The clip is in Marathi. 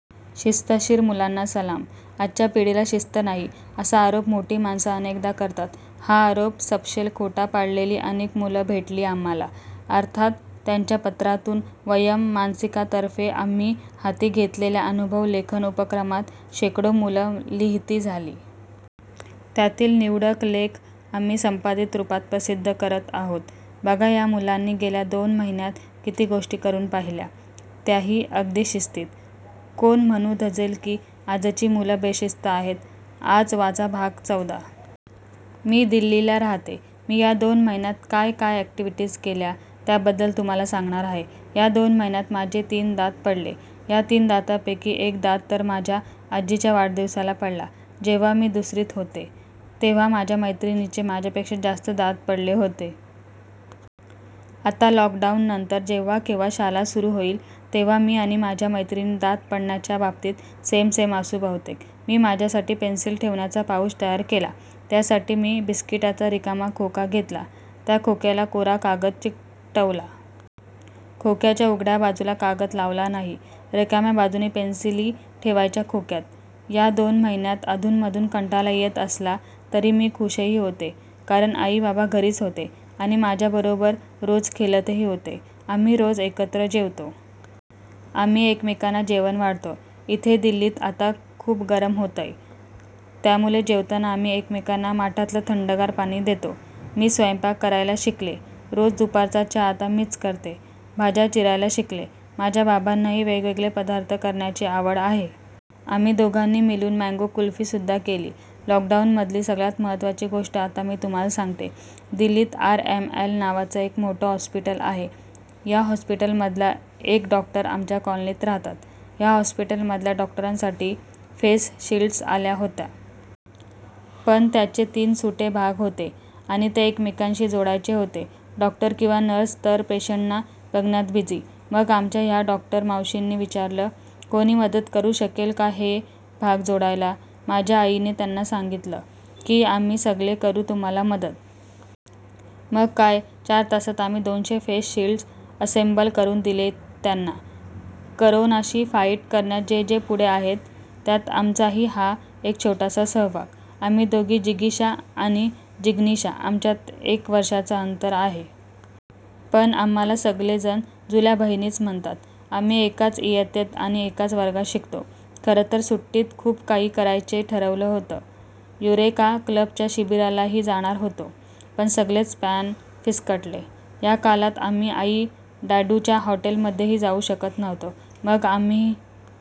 शिस्तशीर मुलांना सलाम. आजच्या पिढीला शिस्त नाही, असा आरोप मोठी माणसं अनेकदा करतात. हा आरोप सपशेल खोटा पाडलेली अनेक मुलं भेटली आम्हांला, अर्थात त्यांच्या पत्रांतून. वयम् मासिकातर्फे आम्ही हाती घेतलेल्या अनुभव लेखन उपक्रमात शेकडो मुलं लिहिती झाली. त्यातील निवडक अनुभव लेख आम्ही संपादित रूपात प्रसिद्ध करत आहोत. बघा, या मुलांनी गेल्या दोन महिन्यांत किती गोष्टी करून पाहिल्या, त्याही अगदी शिस्तीत. कोण म्हणू धजेल की आजची मुलं बेशिस्त आहेत? आज वाचा भाग चौदा. मी दिल्लीला राहते. मी या दोन महिन्यांत काय काय ऍक्टिव्हिटीज केल्या, त्याबद्दल तुम्हांला सांगणार आहे. या दोन महिन्यांत माझे तीन दात पडले. ह्या तीन दातांपैकी एक दात तर माझ्या आजीच्या वाढदिवसाला पडला. जेव्हा मी दुसरीत होते, तेव्हा माझ्या मैत्रिणींचे माझ्यापेक्षा जास्त दात पडले होते. आता लॉकडाऊननंतर जेव्हा केव्हा शाळा सुरू होईल तेव्हा मी आणि माझ्या मैत्रिणी दात पडण्याच्या बाबतीत सेम सेम असू बहुतेक. मी माझ्यासाठी पेन्सिल ठेवण्याचा पाऊच तयार केला. त्यासाठी मी बिस्किटाचा रिकामा खोका घेतला. त्या खोक्याला कोरा कागद चिकटवला. खोक्याच्या उघड्या बाजूला कागद लावला नाही. रिकाम्या बाजूने पेन्सिली ठेवायच्या खोक्यात. या दोन महिन्यांत अधूनमधून कंटाळा येत असला तरी मी खूशही होते. कारण, आई बाबा घरीच होते आणि माझ्याबरोबर रोज खेळतही होते. आम्ही रोज एकत्र जेवतो. आम्ही एकमेकांना जेवण वाढतो. इथे दिल्लीत आता खूप गरम होतंय, त्यामुळे जेवताना आम्ही एकमेकांना माठातलं थंडगार पाणी देतो. मी स्वयंपाक करायला शिकले. रोज दुपारचा चहा आता मीच करते. भाज्या चिरायला शिकले. माझ्या बाबांनाही वेगवेगळे पदार्थ करण्याची आवड आहे. आम्ही दोघांनी मिळून मँगो कुल्फीसुद्धा केली. लॉकडाऊनमधली सगळ्यात महत्त्वाची गोष्ट आता मी तुम्हांला सांगते. दिल्लीत आरएमएल नावाचं एक मोठ्ठं हॉस्पिटल आहे. या हॉस्पिटलमधल्या एक डॉक्टर आमच्या कॉलनीत राहतात. या हॉस्पिटलमधल्या डॉक्टरांसाठी फेस शिल्ड्स आल्या होत्या. पण त्याचे तीन सुटे भाग होते आणि ते एकमेकांशी जोडायचे होते. डॉक्टर किंवा नर्स तर पेशंटना बघण्यात बिझी. मग आमच्या ह्या डॉक्टर मावशींनी विचारलं, कोणी मदत करू शकेल का हे भाग जोडायला? माझ्या आईने त्यांना सांगितलं की आम्ही सगळे करू तुम्हांला मदत. मग काय? चार तासांत आम्ही दोनशे फेस शिल्ड असेम्बल करून दिले त्यांना. करोनाशी फाईट करण्यात जे जे पुढे आहेत, त्यात आमचाही हा एक छोटासा सहभाग. आम्ही दोघी जिगीषा आणि जिग्नीषा. आमच्यात एक वर्षाचं अंतर आहे. पण आम्हांला सगळेजण जुळ्या बहिणीच म्हणतात. आम्ही एकाच इयत्तेत आणि एकाच वर्गात शिकतो. खरंतर सुट्टीत खूप काही करायचे ठरवलं होतं. युरेका क्लबच्या शिबिरालाही जाणार होतो. पण सगळेच प्लॅन फिस्कटले. या काळात आम्ही आई डॅडूच्या हॉटेलमध्येही जाऊ शकत नव्हतो. मग आम्ही